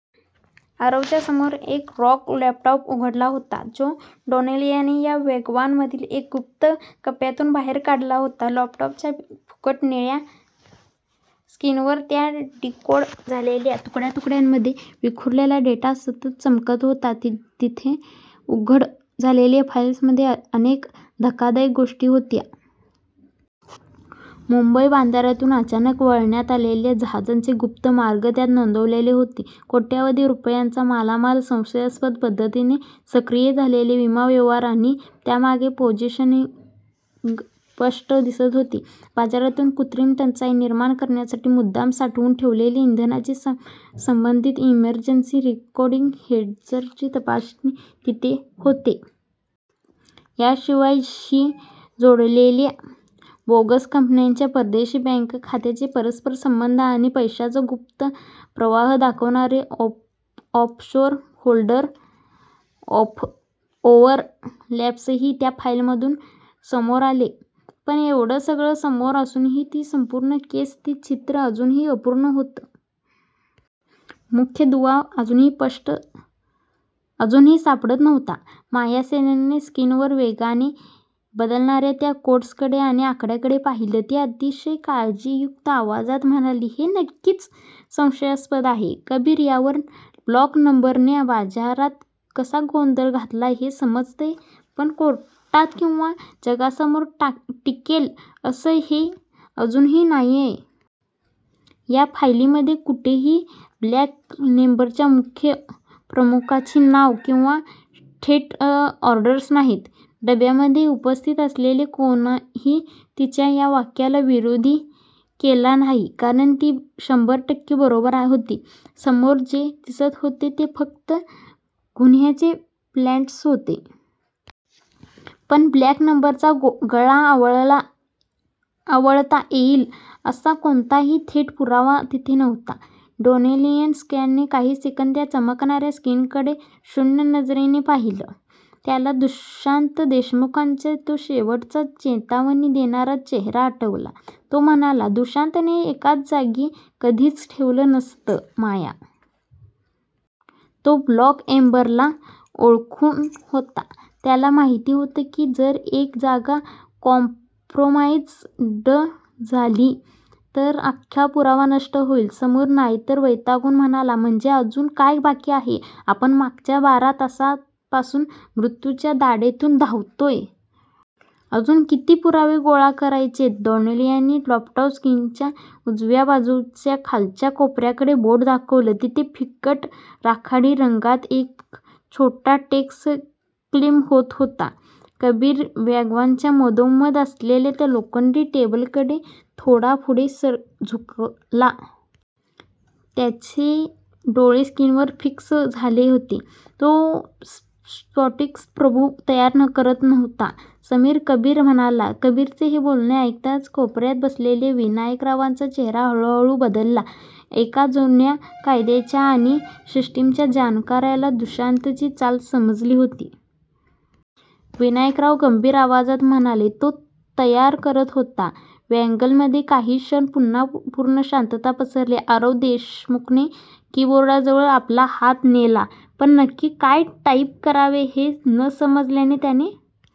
आरवच्या समोर एक रग्ड लॅपटॉप उघडा होता, जो डॅनियलने या वॅगनमधील एका गुप्त कप्प्यातून बाहेर काढला होता. लॅपटॉपच्या फिकट निळ्या स्क्रीनवर चा डिकोड झालेला, तुकड्या-तुकड्यांमध्ये विखुरलेला डेटा सतत चमकत होता. तिथे उघड झालेल्या फाईल्समध्ये अनेक धक्कादायक गोष्टी होत्या. मुंबई बंदरातून अचानक वळवण्यात आलेल्या जहाजांचे गुप्त मार्ग त्यात नोंदवलेले होते. कोट्यवधी रुपयांच्या मालावर संशयास्पद पद्धतीने सक्रिय झालेले विमा व्यवहार आणि त्यामागची पोझिशनिंग स्पष्ट दिसत होती. बाजारात कृत्रिम टंचाई निर्माण करण्यासाठी मुद्दाम साठवून ठेवलेल्या इंधनाशी संबंधित इमर्जन्सी कमोडिटी हेजेसचे तपशील तिथे होते. याशिवाय, शी जोडलेल्या बोगस कंपन्यांच्या परदेशी बँक खात्यांचे परस्पर संबंध आणि पैशांचा गुप्त प्रवाह दाखवणारे ऑफशोर होल्डिंग ओव्हरलॅप्सही त्या फाईल्समधून समोर आले. पण एवढं सगळं समोर असूनही ती संपूर्ण केस, ते चित्र अजूनही अपूर्ण होतं. मुख्य दुवा अजूनही सापडत नव्हता. माया सेनने स्क्रीनवर वेगाने बदलणाऱ्या त्या कोड्सकडे आणि आकड्यांकडे पाहिले. ती अतिशय काळजीयुक्त आवाजात म्हणाली, "हे नक्कीच संशयास्पद आहे, कबीर. यावरून ब्लॅक एम्बरने बाजारात कसा गोंधळ घातलाय हे समजतंय पण कोर्टात किंवा जगासमोर टिकेल असं हे अजूनही नाहीये. या फायलींमध्ये कुठेही ब्लॅक एम्बरच्या मुख्य प्रमुखांची नावं किंवा थेट ऑर्डर्स नाहीत. "डब्यामध्ये उपस्थित असलेल्या कोणीही तिच्या या वाक्याला विरोध केला नाही. कारण ती शंभर टक्के बरोबर होती. समोर जे दिसत होतं, ते फक्त गुन्ह्याचे पॅटर्न्स होते. पण ब्लॅक एम्बरचा गळा आवळता येईल, असा कोणताही थेट पुरावा तिथे नव्हता. डॅनियल क्रॉसने काही सेकंद त्या चमकणाऱ्या स्क्रीनकडे शून्य नजरेने पाहिले. त्याला दुष्यंत देशमुखांचा तो शेवटचा चेतावणी देणारा चेहरा आठवला. तो म्हणाला, "दुष्यंतने एकाच जागी कधीच ठेवलं नसतं, माया. तो ब्लॅक एम्बरला ओळखून होता. त्याला माहिती होतं की जर एक जागा कॉम्प्रमाईज्ड झाली, तर अख्खा पुरावा नष्ट होईल." समीर नायर वैतागून म्हणाला, "म्हणजे अजून काय बाकी आहे? आपण मागच्या बारा तासांपासून मृत्यूच्या दाढेतून धावतोय. अजून किती पुरावे गोळा करायचेत?" डॅनियलने लॅपटॉप स्क्रीनच्या उजव्या बाजूच्या खालच्या कोपऱ्याकडे बोट दाखवलं. तिथे फिकट राखाडी रंगात एक छोटा टेक्स्ट ब्लिंक होत होता. कबीर वॅगनच्या मधोमध असलेल्या त्या लोखंडी टेबलकडे थोडा पुढे झुकला. त्याचे डोळे स्क्रीनवर फिक्स झाले होते. "तो स्टॅटिक प्रूफ तयार करत नव्हता, समीर" कबीर म्हणाला. कबीरचे हे बोलणे ऐकताच कोपऱ्यात बसलेल्या विनायकरावांचा चेहरा हळूहळू बदलला. एका जुन्या कायद्याच्या आणि सिस्टिमच्या जाणकाराला दुष्यंतची चाल समजली होती. विनायकराव गंभीर आवाजात म्हणाले, "तो तयार करत होता." वॅगनमध्ये काही क्षण पुन्हा पूर्ण शांतता पसरली. आरव देशमुखने कीबोर्डजवळ आपला हात नेला, पण नक्की काय टाईप करावं हे न समजल्याने त्याने